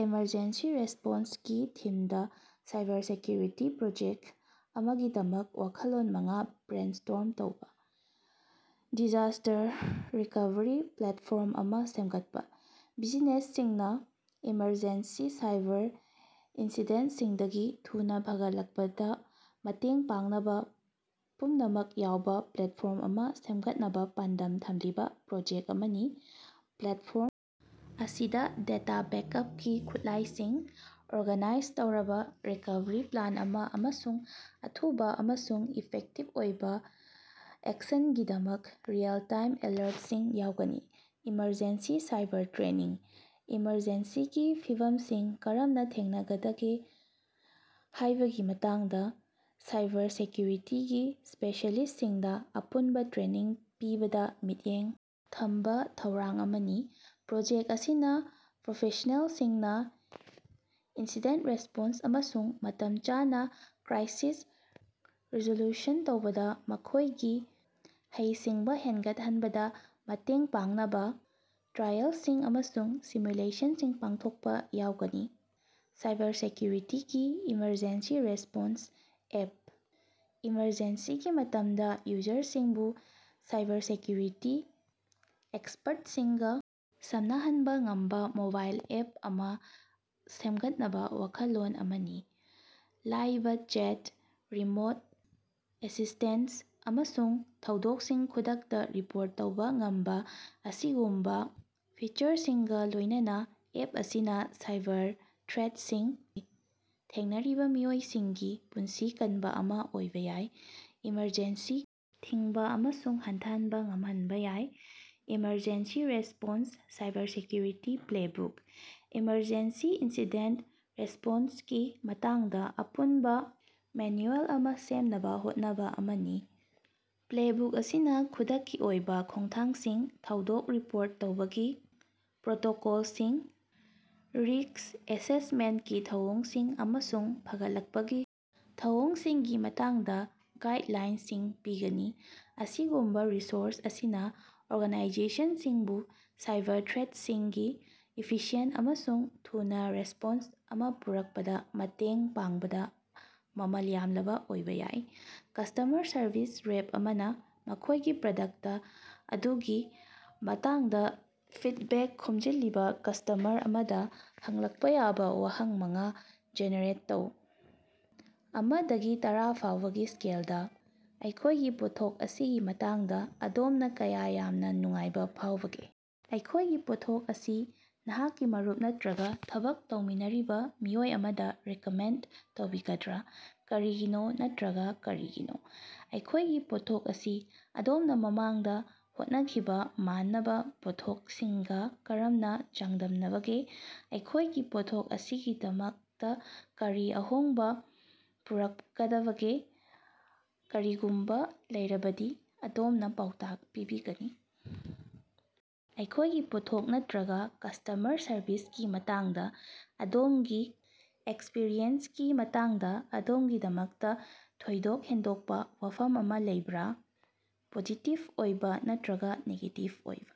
Emergency ꯔꯦꯁꯄꯣꯟꯁꯀꯤ ꯊꯤꯝꯗ cybersecurity project ꯑꯃꯒꯤꯗꯃꯛ ꯋꯥꯈꯜꯂꯣꯟ ꯃꯉꯥ ꯕ꯭ꯔꯦꯟꯁ꯭ꯇꯣꯔꯝ ꯇꯧꯕ꯫ ꯗꯤꯖꯥꯁꯇꯔ ꯔꯤꯀꯣꯚꯔꯤ ꯄ꯭ꯂꯦꯠꯐꯣꯔꯝ ꯑꯃ ꯁꯦꯝꯒꯠꯄ: ꯕꯤꯖꯤꯅꯦꯁꯁꯤꯡꯅ ꯑꯦꯃꯔꯖꯦꯟꯁꯤ ꯁꯥꯏꯕꯔ ꯏꯟꯁꯤꯗꯦꯟꯠꯁꯤꯡꯗꯒꯤ ꯊꯨꯅ ꯐꯒꯠꯂꯛꯄꯗ ꯃꯇꯦꯡ ꯄꯥꯡꯅꯕ ꯄꯨꯝꯅꯃꯛ ꯌꯥꯎꯕ ꯄ꯭ꯂꯦꯠꯐꯣꯔꯝ ꯑꯃ ꯁꯦꯝꯒꯠꯅꯕ ꯄꯥꯟꯗꯝ ꯊꯝꯂꯤꯕ ꯄ꯭ꯔꯣꯖꯦꯛ ꯑꯃꯅꯤ꯫ ꯄ꯭ꯂꯦꯠꯐꯣꯔꯝ ꯑꯁꯤꯗ ꯗꯦꯇꯥ ꯕꯦꯛꯑꯞꯀꯤ ꯈꯨꯠꯂꯥꯏꯁꯤꯡ, ꯑꯣꯔꯒꯅꯥꯏꯖ ꯇꯧꯔꯕ ꯔꯤꯀꯣꯚꯔꯤ ꯄ꯭ꯂꯥꯟ ꯑꯃ, ꯑꯃꯁꯨꯡ ꯑꯊꯨꯕ ꯑꯃꯁꯨꯡ ꯏꯐꯦꯛꯇꯤꯕ ꯑꯣꯏꯕ ꯑꯦꯛꯁꯟꯒꯤꯗꯃꯛ ꯔꯤꯑꯦꯜ-ꯇꯥꯏꯝ ꯑꯦꯂꯔꯠꯁꯤꯡ ꯌꯥꯎꯒꯅꯤ꯫ ꯏꯃꯔꯖꯦꯟꯁꯤ ꯁꯥꯏꯕꯔ ꯇ꯭ꯔꯦꯅꯤꯡ: ꯏꯃꯔꯖꯦꯟꯁꯤꯒꯤ ꯐꯤꯚꯝꯁꯤꯡ ꯀꯔꯝꯅ ꯊꯦꯡꯅꯒꯗꯒꯦ ꯍꯥꯏꯕꯒꯤ ꯃꯇꯥꯡꯗ ꯁꯥꯏꯕꯔꯁꯦꯀ꯭ꯌꯨꯔꯤꯇꯤ ꯁ꯭ꯄꯦꯁꯤꯑꯦꯂꯤꯁꯁꯤꯡꯗ ꯑꯄꯨꯟꯕ ꯇ꯭ꯔꯦꯅꯤꯡ ꯄꯤꯕꯗ ꯃꯤꯠꯌꯦꯡ ꯊꯝꯕ ꯊꯧꯔꯥꯡ ꯑꯃꯅꯤ꯫ ꯄ꯭ꯔꯣꯖꯦꯛ ꯑꯁꯤꯅ ꯄ꯭ꯔꯣꯐꯦꯁꯅꯦꯜꯁꯤꯡꯅ ꯏꯟꯁꯤꯗꯦꯟꯠ ꯔꯦꯁꯄꯣꯟꯁ ꯑꯃꯁꯨꯡ ꯃꯇꯝ ꯆꯥꯅ ꯀ꯭ꯔꯥꯏꯁꯤꯁ ꯔꯤꯖꯣꯂꯨꯁꯟ ꯇꯧꯕꯗ ꯃꯈꯣꯏꯒꯤ ꯍꯩꯁꯤꯡꯕ ꯍꯦꯟꯒꯠꯍꯟꯕꯗ ꯃꯇꯦꯡ ꯄꯥꯡꯅꯕ ꯇ꯭ꯔꯥꯏꯜꯁꯤꯡ ꯑꯃꯁꯨꯡ ꯁꯤꯃꯨꯂꯦꯁꯟꯁꯤꯡ ꯄꯥꯡꯊꯣꯛꯄ ꯌꯥꯎꯒꯅꯤ꯫ ꯁꯥꯏꯕꯔꯁꯦꯀ꯭ꯌꯨꯔꯤꯇꯤ ꯏꯃꯔꯖꯦꯟꯁꯤ ꯔꯦꯁꯄꯣꯟꯁ ꯑꯦꯞ: ꯏꯃꯔꯖꯦꯟꯁꯤꯒꯤ ꯃꯇꯝꯗ ꯌꯨꯖꯔꯁꯤꯡꯕꯨ ꯁꯥꯏꯕꯔꯁꯦꯀ꯭ꯌꯨꯔꯤꯇꯤ ꯑꯦꯛꯁꯄꯔꯠꯁꯤꯡꯒ ꯁꯝꯅꯍꯟꯕ ꯉꯝꯕ ꯃꯣꯕꯥꯏꯜ ꯑꯦꯞ ꯑꯃ ꯁꯦꯝꯒꯠꯅꯕ ꯋꯥꯈꯜꯂꯣꯟ ꯑꯃꯅꯤ꯫ ꯂꯥꯏꯕ ꯆꯦꯠ, ꯔꯤꯃꯣꯠ ꯑꯦꯁꯤꯁꯇꯦꯟꯁ, ꯑꯃꯁꯨꯡ ꯊꯧꯗꯣꯛꯁꯤꯡ ꯈꯨꯗꯛꯇ ꯔꯤꯄꯣꯔꯠ ꯇꯧꯕ ꯉꯝꯕ ꯑꯁꯤꯒꯨꯝꯕ ꯐꯤꯆꯔꯁꯤꯡꯒ ꯂꯣꯏꯅꯅ ꯑꯦꯞ ꯑꯁꯤꯅ ꯁꯥꯏꯕꯔ ꯊ꯭ꯔꯦꯠꯁꯤꯡ ꯊꯦꯡꯅꯔꯤꯕ ꯃꯤꯑꯣꯏꯁꯤꯡꯒꯤ ꯄꯨꯟꯁꯤ ꯀꯟꯕ ꯑꯃ ꯑꯣꯏꯕ ꯌꯥꯏ꯫ ꯏꯃꯔꯖꯦꯟꯁꯤ ꯊꯤꯡꯕ ꯑꯃꯁꯨꯡ ꯍꯟꯊꯍꯟꯕ ꯉꯝꯍꯟꯕ ꯌꯥꯏ꯫ Emergency response cybersecurity playbook: emergency incident ꯔꯦꯁꯄꯣꯟꯁꯀꯤ ꯃꯇꯥꯡꯗ ꯑꯄꯨꯟꯕ ꯃꯦꯅ꯭ꯌꯨꯑꯦꯜ ꯑꯃ ꯁꯦꯝꯅꯕ ꯍꯣꯠꯅꯕ ꯑꯃꯅꯤ꯫ ꯄ꯭ꯂꯦꯕꯨꯛ ꯑꯁꯤꯅ ꯈꯨꯗꯛꯀꯤ ꯑꯣꯏꯕ ꯈꯣꯡꯊꯥꯡꯁꯤꯡ, ꯊꯧꯗꯣꯛ ꯔꯤꯄꯣꯔꯠ ꯇꯧꯕꯒꯤ ꯄ꯭ꯔꯣꯇꯣꯀꯣꯜꯁꯤꯡ, ꯔꯤꯁ꯭ꯛ ꯑꯦꯁꯦꯁꯃꯦꯟꯠꯀꯤ ꯊꯧꯑꯣꯡꯁꯤꯡ, ꯑꯃꯁꯨꯡ ꯐꯒꯠꯂꯛꯄꯒꯤ ꯊꯧꯑꯣꯡꯁꯤꯡꯒꯤ ꯃꯇꯥꯡꯗ ꯒꯥꯏꯗꯂꯥꯏꯟꯁꯤꯡ ꯄꯤꯒꯅꯤ꯫ ꯑꯁꯤꯒꯨꯝꯕ ꯔꯤꯁꯣꯔꯁ ꯑꯁꯤꯅ ꯑꯣꯔꯒꯥꯅꯥꯏꯖꯦꯁꯟꯁꯤꯡꯕꯨ ꯁꯥꯏꯕꯔ ꯊ꯭ꯔꯦꯠꯁꯤꯡꯒꯤ ꯏꯐꯤꯁꯤꯑꯦꯟꯠ ꯑꯃꯁꯨꯡ ꯊꯨꯅ ꯔꯦꯁꯄꯣꯟꯁ ꯑꯃ ꯄꯨꯔꯛꯄꯗ ꯃꯇꯦꯡ ꯄꯥꯡꯕꯗ ꯃꯃꯜ ꯌꯥꯝꯂꯕ ꯑꯣꯏꯕ ꯌꯥꯏ꯫ ꯀꯁꯇꯃꯔ ꯁꯔꯚꯤꯁ ꯔꯦꯞ ꯑꯃꯅ ꯃꯈꯣꯏꯒꯤ ꯄ꯭ꯔꯗꯛꯇ ꯑꯗꯨꯒꯤ ꯃꯇꯥꯡꯗ ꯐꯤꯗꯕꯦꯛ ꯈꯣꯝꯖꯤꯜꯂꯤꯕ ꯀꯁꯇꯃꯔ ꯑꯃꯗ ꯍꯪꯂꯛꯄ ꯌꯥꯕ ꯋꯥꯍꯪ ꯃꯉꯥ ꯖꯦꯅꯦꯔꯦꯠ ꯇꯧ꯫ ꯑꯃ ꯗꯒꯤ ꯇꯔꯥ ꯐꯥꯎꯕꯒꯤ ꯁ꯭ꯀꯦꯜꯗ, ꯑꯩꯈꯣꯏꯒꯤ ꯄꯣꯠꯊꯣꯛ ꯑꯁꯤꯒꯤ ꯃꯇꯥꯡꯗ ꯑꯗꯣꯝꯅ ꯀꯌꯥ ꯌꯥꯝꯅ ꯅꯨꯡꯉꯥꯏꯕ ꯐꯥꯎꯕꯒꯦ? ꯑꯩꯈꯣꯏꯒꯤ ꯄꯣꯠꯊꯣꯛ ꯑꯁꯤ ꯅꯍꯥꯛꯀꯤ ꯃꯔꯨꯞ ꯅꯠꯇ꯭ꯔꯒ ꯊꯕꯛ ꯇꯧꯃꯤꯟꯅꯔꯤꯕ ꯃꯤꯑꯣꯏ ꯑꯃꯗ ꯔꯤꯀꯃꯦꯟꯗ ꯇꯧꯕꯤꯒꯗ꯭ꯔꯥ? ꯀꯔꯤꯒꯤꯅꯣ ꯅꯠꯇ꯭ꯔꯒ ꯀꯔꯤꯒꯤꯅꯣ? ꯑꯩꯈꯣꯏꯒꯤ ꯄꯣꯠꯊꯣꯛ ꯑꯁꯤ ꯑꯗꯣꯝꯅ ꯃꯃꯥꯡꯗ ꯍꯣꯠꯅꯈꯤꯕ ꯃꯥꯟꯅꯕ ꯄꯣꯠꯊꯣꯛꯁꯤꯡꯒ ꯀꯔꯝꯅ ꯆꯥꯡꯗꯝꯅꯕꯒꯦ? ꯑꯩꯈꯣꯏꯒꯤ ꯄꯣꯠꯊꯣꯛ ꯑꯁꯤꯒꯤꯗꯃꯛꯇ ꯀꯔꯤ ꯑꯍꯣꯡꯕ ꯄꯨꯔꯛꯀꯗꯕꯒꯦ, ꯀꯔꯤꯒꯨꯝꯕ ꯂꯩꯔꯕꯗꯤ, ꯑꯗꯣꯝꯅ ꯄꯥꯎꯇꯥꯛ ꯄꯤꯕꯤꯒꯅꯤ? ꯑꯩꯈꯣꯏꯒꯤ ꯄꯣꯠꯊꯣꯛ ꯅꯠꯇ꯭ꯔꯒ ꯀꯁꯇꯃꯔ ꯁꯔꯕꯤꯁꯀꯤ ꯃꯇꯥꯡꯗ ꯑꯗꯣꯝꯒꯤ ꯑꯦꯛꯁꯄ꯭ꯔꯤꯌꯦꯟꯁꯀꯤ ꯃꯇꯥꯡꯗ ꯑꯗꯣꯝꯒꯤꯗꯃꯛꯇ ꯊꯣꯏꯗꯣꯛ ꯍꯦꯟꯗꯣꯛꯄ ꯋꯥꯐꯝ ꯑꯃ ꯂꯩꯕꯔꯥ, ꯄꯣꯖꯤꯇꯤꯕ ꯑꯣꯏꯕ ꯅꯠꯇ꯭ꯔꯒ ꯅꯦꯒꯦꯇꯤꯕ ꯑꯣꯏꯕ?